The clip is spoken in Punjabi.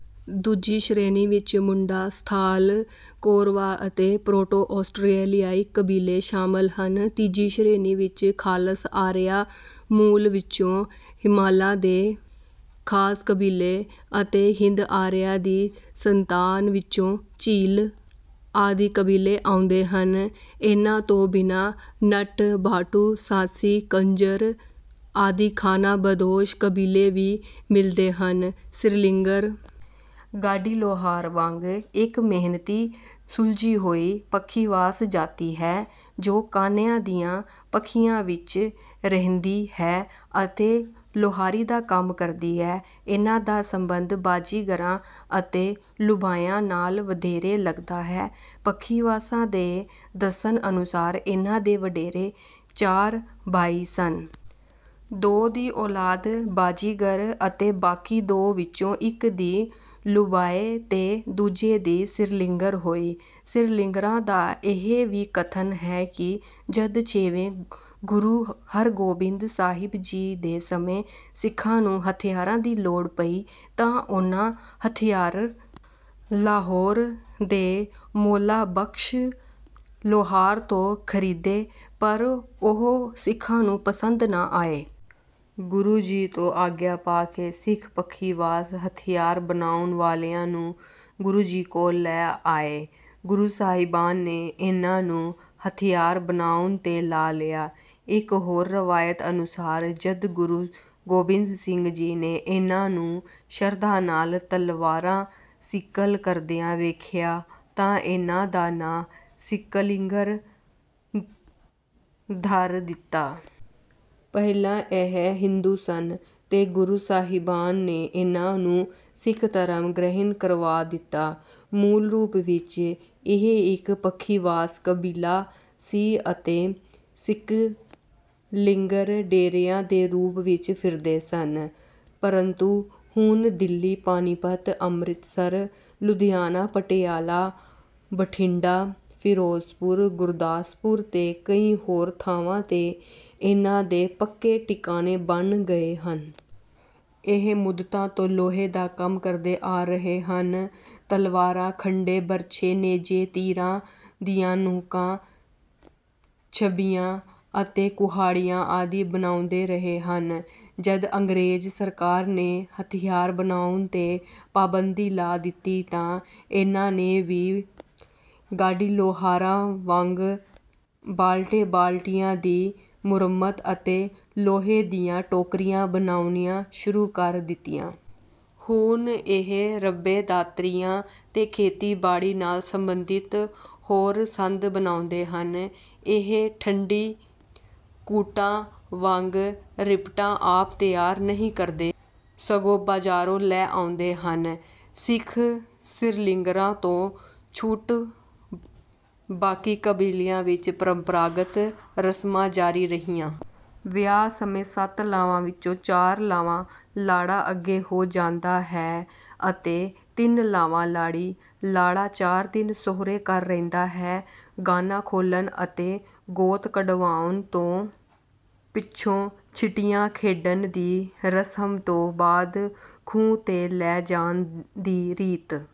ਦੂਜੀ ਸ਼੍ਰੇਣੀ ਵਿੱਚ ਮੁੰਡਾ, ਸੰਥਾਲ, ਕੋਰਵਾ ਅਤੇ ਪ੍ਰੋਟੋ-ਆਸਟ੍ਰੇਲੀਆਈ ਕਬੀਲੇ ਸ਼ਾਮਲ ਹਨ। ਤੀਜੀ ਸ਼੍ਰੇਣੀ ਵਿੱਚ ਖ਼ਾਲਸ ਆਰੀਆ ਮੂਲ ਵਿੱਚੋਂ ਹਿਮਾਲਾ ਦੇ ਖਾਸ ਕਬੀਲੇ ਅਤੇ ਹਿੰਦ-ਆਰੀਆਂ ਦੀ ਸੰਤਾਨ ਵਿੱਚੋਂ ਝੀਲ ਆਦਿ ਕਬੀਲੇ ਆਉਂਦੇ ਹਨ। ਇਨ੍ਹਾਂ ਤੋਂ ਬਿਨਾਂ ਨਟ, ਭਾਟੂ, ਸਾਂਸੀ, ਕੰਜਰ ਆਦਿ ਖ਼ਾਨਾਬਦੋਸ਼ ਕਬੀਲੇ ਵੀ ਮਿਲਦੇ ਹਨ। ਸਿਕਲੀਗਰ ਗਾਡੀ-ਲੋਹਾਰ ਵਾਂਗ ਇੱਕ ਮਿਹਨਤੀ, ਸੁਲਝੀ ਹੋਈ ਪੱਖੀਵਾਸ ਜਾਤੀ ਹੈ, ਜੋ ਕਾਨਿਆਂ ਦੀਆਂ ਪੱਖੀਆਂ ਵਿੱਚ ਰਹਿੰਦੀ ਹੈ ਅਤੇ ਲੋਹਾਰੀ ਦਾ ਕੰਮ ਕਰਦੀ ਹੈ। ਇਨ੍ਹਾਂ ਦਾ ਸੰਬੰਧ ਬਾਜ਼ੀਗਰਾਂ ਅਤੇ ਲੁਬਾਣਿਆਂ ਨਾਲ ਵਧੇਰੇ ਲੱਗਦਾ ਹੈ। ਪੱਖੀਵਾਸਾਂ ਦੇ ਦੱਸਣ ਅਨੁਸਾਰ ਇਨ੍ਹਾਂ ਦੇ ਵਡੇਰੇ ਚਾਰ ਭਾਈ ਸਨ। ਦੋ ਦੀ ਔਲਾਦ ਬਾਜ਼ੀਗਰ ਅਤੇ ਬਾਕੀ ਦੋ ਵਿੱਚੋਂ ਇੱਕ ਦੀ ਲੁਬਾਣੇ ਤੇ ਦੂਜੇ ਦੀ ਸਿਕਲੀਗਰ ਹੋਈ। ਸਿਕਲੀਗਰਾਂ ਦਾ ਇਹ ਵੀ ਕਥਨ ਹੈ ਕਿ ਜਦ ਛੇਵੇਂ ਗੁਰੂ ਹਰਗੋਬਿੰਦ ਸਾਹਿਬ ਜੀ ਦੇ ਸਮੇਂ ਸਿੱਖਾਂ ਨੂੰ ਹਥਿਆਰਾਂ ਦੀ ਲੋੜ ਪਈ, ਤਾਂ ਉਨ੍ਹਾਂ ਹਥਿਆਰ ਲਾਹੌਰ ਦੇ ਮੌਲਾ ਬਖਸ਼ ਲੋਹਾਰ ਤੋਂ ਖਰੀਦੇ, ਪਰ ਉਹ ਸਿੱਖਾਂ ਨੂੰ ਪਸੰਦ ਨਾ ਆਏ। ਗੁਰੂ ਜੀ ਤੋਂ ਆਗਿਆ ਪਾ ਕੇ ਸਿੱਖ ਪੱਖੀਵਾਸ ਹਥਿਆਰ ਬਣਾਉਣ ਵਾਲਿਆਂ ਨੂੰ ਗੁਰੂ ਜੀ ਕੋਲ ਲੈ ਆਏ। ਗੁਰੂ ਸਾਹਿਬਾਨ ਨੇ ਉਨ੍ਹਾਂ ਨੂੰ ਹਥਿਆਰ ਬਣਾਉਣ 'ਤੇ ਲਾ ਲਿਆ। ਇੱਕ ਹੋਰ ਰਵਾਇਤ ਅਨੁਸਾਰ ਜਦ ਗੁਰੂ ਗੋਬਿੰਦ ਸਿੰਘ ਜੀ ਨੇ ਇਨ੍ਹਾਂ ਨੂੰ ਸ਼ਰਧਾ ਨਾਲ ਤਲਵਾਰਾਂ ਸਿਕਲ ਕਰਦਿਆਂ ਵੇਖਿਆ, ਤਾਂ ਇਨ੍ਹਾਂ ਦਾ ਨਾਂ ਸਿਕਲੀਗਰ ਧਰ ਦਿੱਤਾ। ਪਹਿਲਾਂ ਇਹ ਹਿੰਦੂ ਸਨ, ਤੇ ਗੁਰੂ ਸਾਹਿਬਾਨ ਨੇ ਇਨ੍ਹਾਂ ਨੂੰ ਸਿੱਖ ਧਰਮ ਗ੍ਰਹਿਣ ਕਰਵਾ ਦਿੱਤਾ। ਮੂਲ ਰੂਪ ਵਿੱਚ ਇਹ ਇੱਕ ਪੱਖੀਵਾਸ ਕਬੀਲਾ ਸੀ ਅਤੇ ਸਿਕਲੀਗਰ ਡੇਰਿਆਂ ਦੇ ਰੂਪ ਵਿੱਚ ਫਿਰਦੇ ਸਨ। ਪਰੰਤੂ ਹੁਣ ਦਿੱਲੀ, ਪਾਣੀਪਤ, ਅੰਮ੍ਰਿਤਸਰ, ਲੁਧਿਆਣਾ, ਪਟਿਆਲਾ, ਬਠਿੰਡਾ, ਫਿਰੋਜ਼ਪੁਰ, ਗੁਰਦਾਸਪੁਰ ਤੇ ਕਈ ਹੋਰ ਥਾਵਾਂ 'ਤੇ ਇਨ੍ਹਾਂ ਦੇ ਪੱਕੇ ਟਿਕਾਣੇ ਬਣ ਗਏ ਹਨ। ਇਹ ਮੁੱਦਤਾਂ ਤੋਂ ਲੋਹੇ ਦਾ ਕੰਮ ਕਰਦੇ ਆ ਰਹੇ ਹਨ। ਤਲਵਾਰਾਂ, ਖੰਡੇ, ਬਰਛੇ, ਨੇਜੇ, ਤੀਰਾਂ ਦੀਆਂ ਨੋਕਾਂ, ਛਬੀਆਂ ਅਤੇ ਕੁਹਾੜੀਆਂ ਆਦਿ ਬਣਾਉਂਦੇ ਰਹੇ ਹਨ। ਜਦ ਅੰਗਰੇਜ਼ ਸਰਕਾਰ ਨੇ ਹਥਿਆਰ ਬਣਾਉਣ 'ਤੇ ਪਾਬੰਦੀ ਲਾ ਦਿੱਤੀ, ਤਾਂ ਇਨ੍ਹਾਂ ਨੇ ਵੀ ਗਾਡੀ-ਲੋਹਾਰਾਂ ਵਾਂਗ ਬਾਲਟੇ-ਬਾਲਟੀਆਂ ਦੀ ਮੁਰੰਮਤ ਅਤੇ ਲੋਹੇ ਦੀਆਂ ਟੋਕਰੀਆਂ ਬਣਾਉਣੀਆਂ ਸ਼ੁਰੂ ਕਰ ਦਿੱਤੀਆਂ। ਹੁਣ ਇਹ ਰੰਬੇ, ਦਾਤਰੀਆਂ ਤੇ ਖੇਤੀਬਾੜੀ ਨਾਲ ਸੰਬੰਧਿਤ ਹੋਰ ਸੰਦ ਬਣਾਉਂਦੇ ਹਨ। ਇਹ ਠੰਢੀ ਕੁੱਟਾਂ ਵਾਂਗ ਰਿਪਟਾਂ ਆਪ ਤਿਆਰ ਨਹੀਂ ਕਰਦੇ, ਸਗੋਂ ਬਾਜ਼ਾਰੋਂ ਲੈ ਆਉਂਦੇ ਹਨ। ਸਿੱਖ ਸਿਕਲੀਗਰਾਂ ਤੋਂ ਛੁੱਟ ਬਾਕੀ ਕਬੀਲਿਆਂ ਵਿੱਚ ਪਰੰਪਰਾਗਤ ਰਸਮਾਂ ਜਾਰੀ ਰਹੀਆਂ। ਵਿਆਹ ਸਮੇਂ ਸੱਤ ਲਾਵਾਂ ਵਿੱਚੋਂ ਚਾਰ ਲਾਵਾਂ ਲਾੜਾ ਅੱਗੇ ਹੋ ਜਾਂਦਾ ਹੈ ਅਤੇ ਤਿੰਨ ਲਾਵਾਂ ਲਾੜੀ। ਲਾੜਾ ਚਾਰ ਦਿਨ ਸਹੁਰੇ ਘਰ ਰਹਿੰਦਾ ਹੈ। ਗਾਨਾ ਖੋਲ੍ਹਣ ਅਤੇ ਗੋਤ ਕਢਵਾਉਣ ਤੋਂ ਪਿੱਛੋਂ ਛਿੱਟੀਆਂ ਖੇਡਣ ਦੀ ਰਸਮ ਤੋਂ ਬਾਅਦ ਖੂਹ 'ਤੇ ਲੈ ਜਾਣ ਦੀ ਰੀਤ